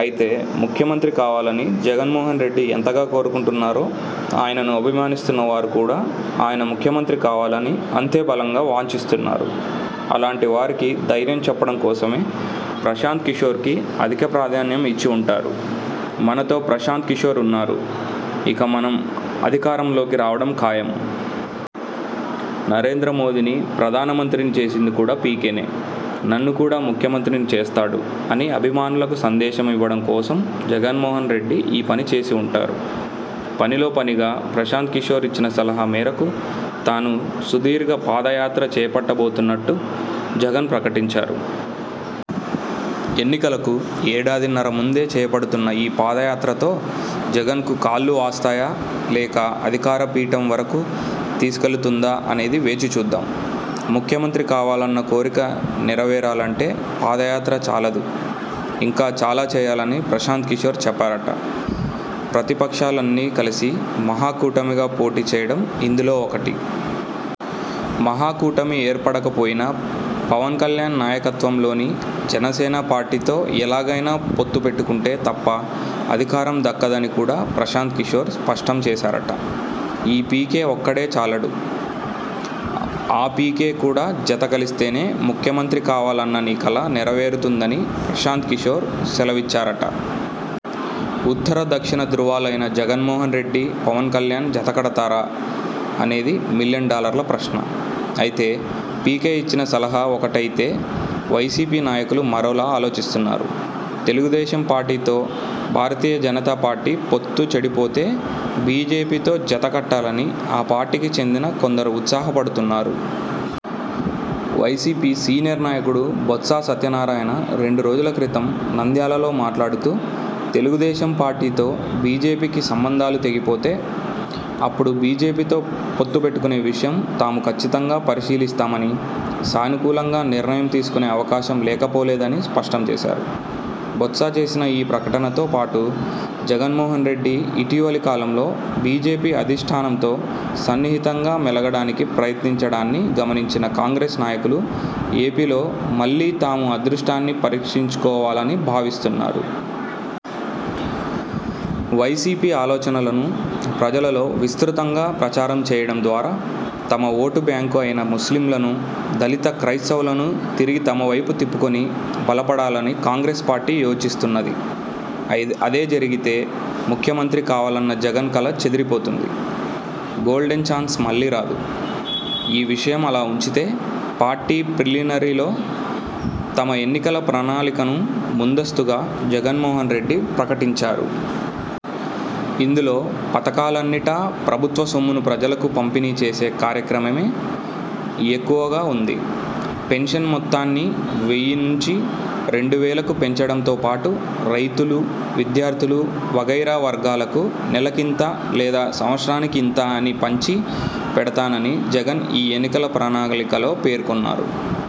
అయితే ముఖ్యమంత్రి కావాలని జగన్మోహన్రెడ్డి ఎంతగా కోరుకుంటున్నారో ఆయనను అభిమానిస్తున్నవారు కూడా ఆయన ముఖ్యమంత్రి కావాలని అంతే బలంగా వాంఛిస్తున్నారు. అలాంటి వారికి ధైర్యం చెప్పడం కోసమే ప్రశాంత్ కిశోర్కు అధిక ప్రాధాన్యం ఇచ్చి ఉంటారు. 'మనతో ప్రశాంత్ కిశోర్ ఉన్నారు. ఇక మనం అధికారంలోకి రావడం ఖాయం. నరేంద్ర మోదీని ప్రధానమంత్రిని చేసింది కూడా పీకేనే. నన్ను కూడా ముఖ్యమంత్రిని చేస్తాడు' అని అభిమానులకు సందేశం ఇవ్వడం కోసం జగన్మోహన్రెడ్డి ఈ పని చేసి ఉంటారు. పనిలో పనిగా ప్రశాంత్ కిశోర్ ఇచ్చిన సలహా మేరకు తాను సుదీర్ఘ పాదయాత్ర చేపట్టబోతున్నట్టు జగన్ ప్రకటించారు. ఎన్నికలకు ఏడాదిన్నర ముందే చేపడుతున్న ఈ పాదయాత్రతో జగన్కు కాళ్లు వాస్తాయా? లేక అధికార పీఠం వరకు తీసుకెళుతుందా అనేది వేచి చూద్దాం. ముఖ్యమంత్రి కావాలన్న కోరిక నెరవేరాలంటే పాదయాత్ర చాలదు– ఇంకా చాలాచేయాలని ప్రశాంత్ కిశోర్ చెప్పారట! ప్రతిపక్షాలన్నీ కలిసి మహా కూటమిగా పోటీ చేయడం ఇందులో ఒకటి! మహా కూటమి ఏర్పడకపోయినా పవన్ కల్యాణ్ నాయకత్వంలోని జనసేన పార్టీతో ఎలాగైనా పొత్తుపెట్టుకుంటే తప్ప అధికారం దక్కదని కూడా ప్రశాంత్ కిశోర్ స్పష్టంచేశారట! ఈ పీకే ఒక్కడే చాలడు. ఆ పీకే కూడా జత కలిస్తేనే ముఖ్యమంత్రికావాలన్న నీ కల నెరవేరుతుందని ప్రశాంత్ కిశోర్ సెలవిచ్చారట! ఉత్తర దక్షిణ ధృవాలైన జగన్మోహన్రెడ్డి– పవన్ కల్యాణ్ జత కడతారా? అనేది మిలియన్ డాలర్ల ప్రశ్న! అయితే పీకే ఇచ్చిన సలహా ఒకటైతే వైసీపీ నాయకులు మరోలా ఆలోచిస్తున్నారు. తెలుగుదేశం పార్టీతో భారతీయ జనతా పార్టీ పొత్తు చెడిపోతే బీజేపీతో జత కట్టాలని ఆ పార్టీకి చెందిన కొందరు ఉత్సాహపడుతున్నారు. వైసీపీ సీనియర్ నాయకుడు బొత్స సత్యనారాయణ రెండో రోజుల క్రితం నంద్యాలలో మాట్లాడుతూ, తెలుగుదేశం పార్టీతో బీజేపీకి సంబంధాలు తెగిపోతే అప్పుడు బీజేపీతో పొత్తుపెట్టుకునే విషయం తాము కచ్చితంగా పరిశీలిస్తామనీ, సానుకూలంగా నిర్ణయం తీసుకునే అవకాశం లేకపోలేదనీ స్పష్టంచేశారు. బొత్స చేసిన ఈ ప్రకటనతో పాటు జగన్మోహన్రెడ్డి ఇటీవలి కాలంలో బీజేపీ అధిష్ఠానంతో సన్నిహితంగా మెలగడానికి ప్రయత్నించడాన్ని గమనించిన కాంగ్రెస్ నాయకులు ఏపీలో మళ్లీ తమ అదృష్టాన్ని పరీక్షించుకోవాలని భావిస్తున్నారు. వైసీపీ ఆలోచనలను ప్రజలలో విస్తృతంగా ప్రచారం చేయడం ద్వారా తమ ఓటు బ్యాంకు అయిన ముస్లింలను, దళిత క్రైస్తవులను తిరిగి తమవైపు తిప్పుకొని బలపడాలని కాంగ్రెస్ పార్టీ యోచిస్తున్నది. అదే జరిగితే ముఖ్యమంత్రి కావాలన్న జగన్ కల చెదిరిపోతుంది. గోల్డెన్ చాన్స్ మళ్లీ రాదు! ఈ విషయం అలా ఉంచితే పార్టీ ప్లీనరీలో తమ ఎన్నికల ప్రణాళికను ముందస్తుగా జగన్మోహన్రెడ్డి ప్రకటించారు. ఇందులో పథకాలన్నిటా ప్రభుత్వ సొమ్మును ప్రజలకు పంపిణీ చేసే కార్యక్రమమే ఎక్కువగా ఉంది. పెన్షన్ మొత్తాన్ని వెయ్యి నుంచి రెండు వేలకు పెంచడంతోపాటు రైతులు, విద్యార్థులు వగైరా వర్గాలకు నెలకింత లేదా సంవత్సరానికి ఇంత అని పంచి పెడతానని జగన్ ఈ ఎన్నికల ప్రణాళికలో పేర్కొన్నారు.